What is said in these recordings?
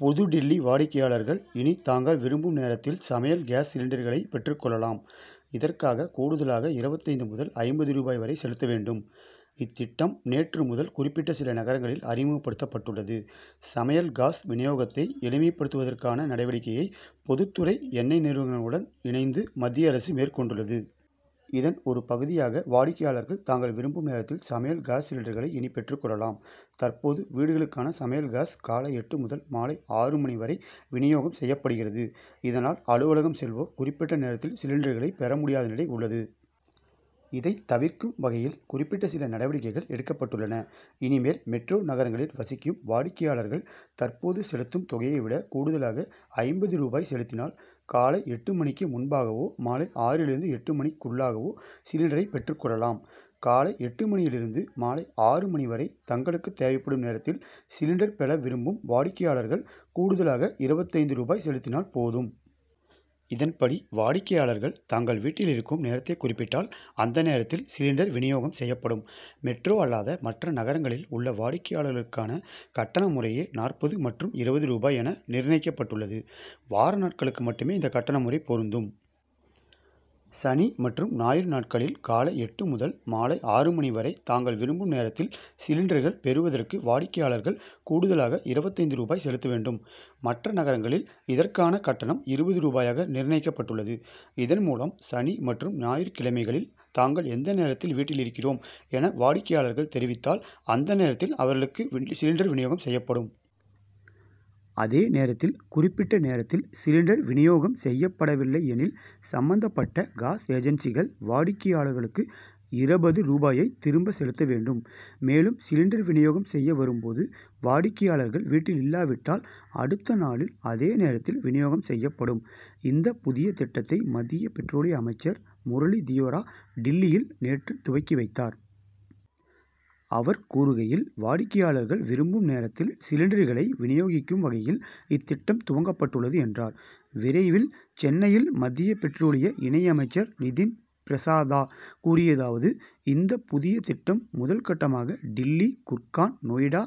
புதுடில்லி வாடிக்கையாளர்கள், இனி தாங்கள் விரும்பும் நேரத்தில் சமையல் காஸ் சிலிண்டர்களை பெற்றுக் கொள்ளலாம். இதற்காக கூடுதலாக இருபத்தைந்து முதல், ஐம்பது ரூபாய் வரை செலுத்த வேண்டும். இத்திட்டம், நேற்று முதல் குறிப்பிட்ட சில நகரங்களில் அறிமுகப்படுத்தப்பட்டுள்ளது. சமையல் காஸ் வினியோகத்தை எளிமைப்படுத்துவதற்கான நடவடிக்கையை, பொதுத்துறை எண்ணெய் நிறுவனங்களுடன் இணைந்து, மத்திய அரசு மேற்கொண்டுள்ளது. இதன் ஒரு பகுதியாக, வாடிக்கையாளர்கள், தாங்கள் விரும்பும் நேரத்தில் சமையல் காஸ் சிலிண்டர்களை இனி பெற்றுக் கொள்ளலாம். தற்போது, வீடுகளுக்கான சமையல் காஸ், காலை எட்டு முதல், மாலை ஆறு மணி வரை வினியோகம் செய்யப்படுகிறது. இதனால் அலுவலகம் செல்வோர், குறிப்பிட்ட நேரத்தில் சிலிண்டர்களை பெற முடியாத நிலை உள்ளது. இதை தவிர்க்கும் வகையில், குறிப்பிட்ட சில நடவடிக்கைகள் எடுக்கப்பட்டுள்ளன. இனிமேல், மெட்ரோ நகரங்களில் வசிக்கும் வாடிக்கையாளர்கள் தற்போது செலுத்தும் தொகையை விட, கூடுதலாக ஐம்பது ரூபாய் செலுத்தினால், காலை எட்டு மணிக்கு முன்பாகவோ, மாலை ஆறிலிருந்து எட்டு மணிக்குள்ளாகவோ சிலிண்டரை பெற்றுக் கொள்ளலாம். காலை எட்டு மணியில் இருந்து, மாலை ஆறு மணி வரை, தங்களுக்கு தேவைப்படும் நேரத்தில் சிலிண்டர் பெற விரும்பும் வாடிக்கையாளர்கள், கூடுதலாக இருபத்தைந்து ரூபாய் செலுத்தினால் போதும். இதன்படி, வாடிக்கையாளர்கள், தாங்கள் வீட்டில் இருக்கும் நேரத்தை குறிப்பிட்டால், அந்த நேரத்தில் சிலிண்டர் வினியோகம் செய்யப்படும். மெட்ரோ அல்லாத மற்ற நகரங்களில் உள்ள வாடிக்கையாளர்களுக்கான கட்டணம் முறையே நாற்பது மற்றும் இருபது ரூபாய் என, நிர்ணயிக்கப்பட்டுள்ளது. வார நாட்களுக்கு மட்டுமே இந்த கட்டண முறை பொருந்தும். சனி மற்றும் ஞாயிறு நாட்களில், காலை எட்டு முதல் மாலை ஆறு மணி வரை, தாங்கள் விரும்பும் நேரத்தில் சிலிண்டர்கள் பெறுவதற்கு, வாடிக்கையாளர்கள் கூடுதலாக இருபத்தைந்து ரூபாய் செலுத்த வேண்டும். மற்ற நகரங்களில் இதற்கான கட்டணம் இருபது ரூபாயாக நிர்ணயிக்கப்பட்டுள்ளது. இதன்மூலம், சனி மற்றும் ஞாயிற்றுக் கிழமைகளில், தாங்கள் எந்த நேரத்தில் வீட்டில் இருக்கிறோம் என, வாடிக்கையாளர்கள் தெரிவித்தால், அந்த நேரத்தில் அவர்களுக்கு சிலிண்டர் வினியோகம் செய்யப்படும். அதே நேரத்தில், குறிப்பிட்ட நேரத்தில் சிலிண்டர் வினியோகம் செய்யப்படவில்லை எனில், சம்பந்தப்பட்ட காஸ் ஏஜன்சிக்கள், வாடிக்கையாளர்களுக்கு இருபது ரூபாயை திரும்ப செலுத்த வேண்டும். மேலும், சிலிண்டர் வினியோகம் செய்ய வரும்போது, வாடிக்கையாளர்கள் வீட்டில் இல்லாவிட்டால், அடுத்த நாளில் அதே நேரத்தில் வினியோகம் செய்யப்படும். இந்த புதிய திட்டத்தை மத்திய பெட்ரோலிய அமைச்சர் முரளி தியோரா, டில்லியில் நேற்று துவக்கி வைத்தார். அவர் கூறுகையில், வாடிக்கையாளர்கள் விரும்பும் நேரத்தில் சிலிண்டர்களை வினியோகிக்கும் வகையில், இத்திட்டம் துவங்கப்பட்டுள்ளது என்றார். விரைவில் சென்னையில் மத்திய பெட்ரோலிய இணை அமைச்சர் நிதின் பிரசாதா கூறியதாவது இந்த புதிய திட்டம், முதல் கட்டமாக டில்லி, குர்கான், நொய்டா,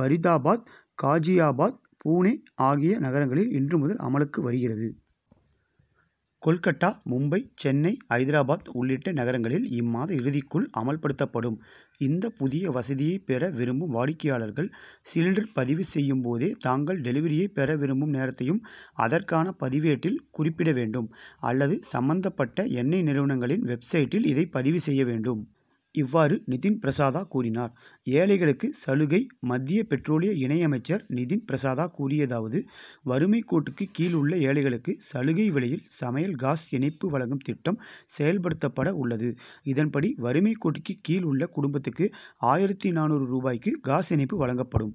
பரிதாபாத், காஜியாபாத், புனே ஆகிய நகரங்களில் இன்று முதல் அமலுக்கு வருகிறது. கோல்கட்டா, மும்பை, சென்னை, ஐதராபாத் உள்ளிட்ட நகரங்களில் இம்மாத இறுதிக்குள் அமல்படுத்தப்படும். இந்த புதிய வசதியை பெற விரும்பும் வாடிக்கையாளர்கள், சிலிண்டர் பதிவு செய்யும்போதே, தாங்கள் டெலிவரியை பெற விரும்பும் நேரத்தையும் அதற்கான பதிவேட்டில் குறிப்பிட வேண்டும் அல்லது சம்பந்தப்பட்ட எண்ணெய் நிறுவனங்களின், வெப்சைட்டில் இதை பதிவு செய்ய வேண்டும். இவ்வாறு நிதின் பிரசாதா கூறினார். ஏழைகளுக்கு சலுகை மத்திய பெட்ரோலிய இணை அமைச்சர் நிதின் பிரசாதா கூறியதாவது வறுமைக் கோட்டுக்கு கீழ் உள்ள ஏழைகளுக்கு சலுகை விலையில் சமையல் காஸ் இணைப்பு வழங்கும் திட்டம் செயல்படுத்தப்பட உள்ளது. இதன்படி, வறுமைக் கோட்டுக்கு கீழ் உள்ள குடும்பத்துக்கு, ஆயிரத்து நானூறு ரூபாய்க்கு காஸ் இணைப்பு வழங்கப்படும்.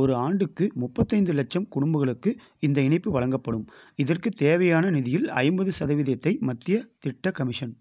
ஒரு ஆண்டுக்கு முப்பத்தைந்து லட்சம் குடும்பங்களுக்கு இந்த இணைப்பு வழங்கப்படும். இதற்கு தேவையான நிதியில், ஐம்பது சதவீதத்தை மத்திய திட்ட கமிஷன்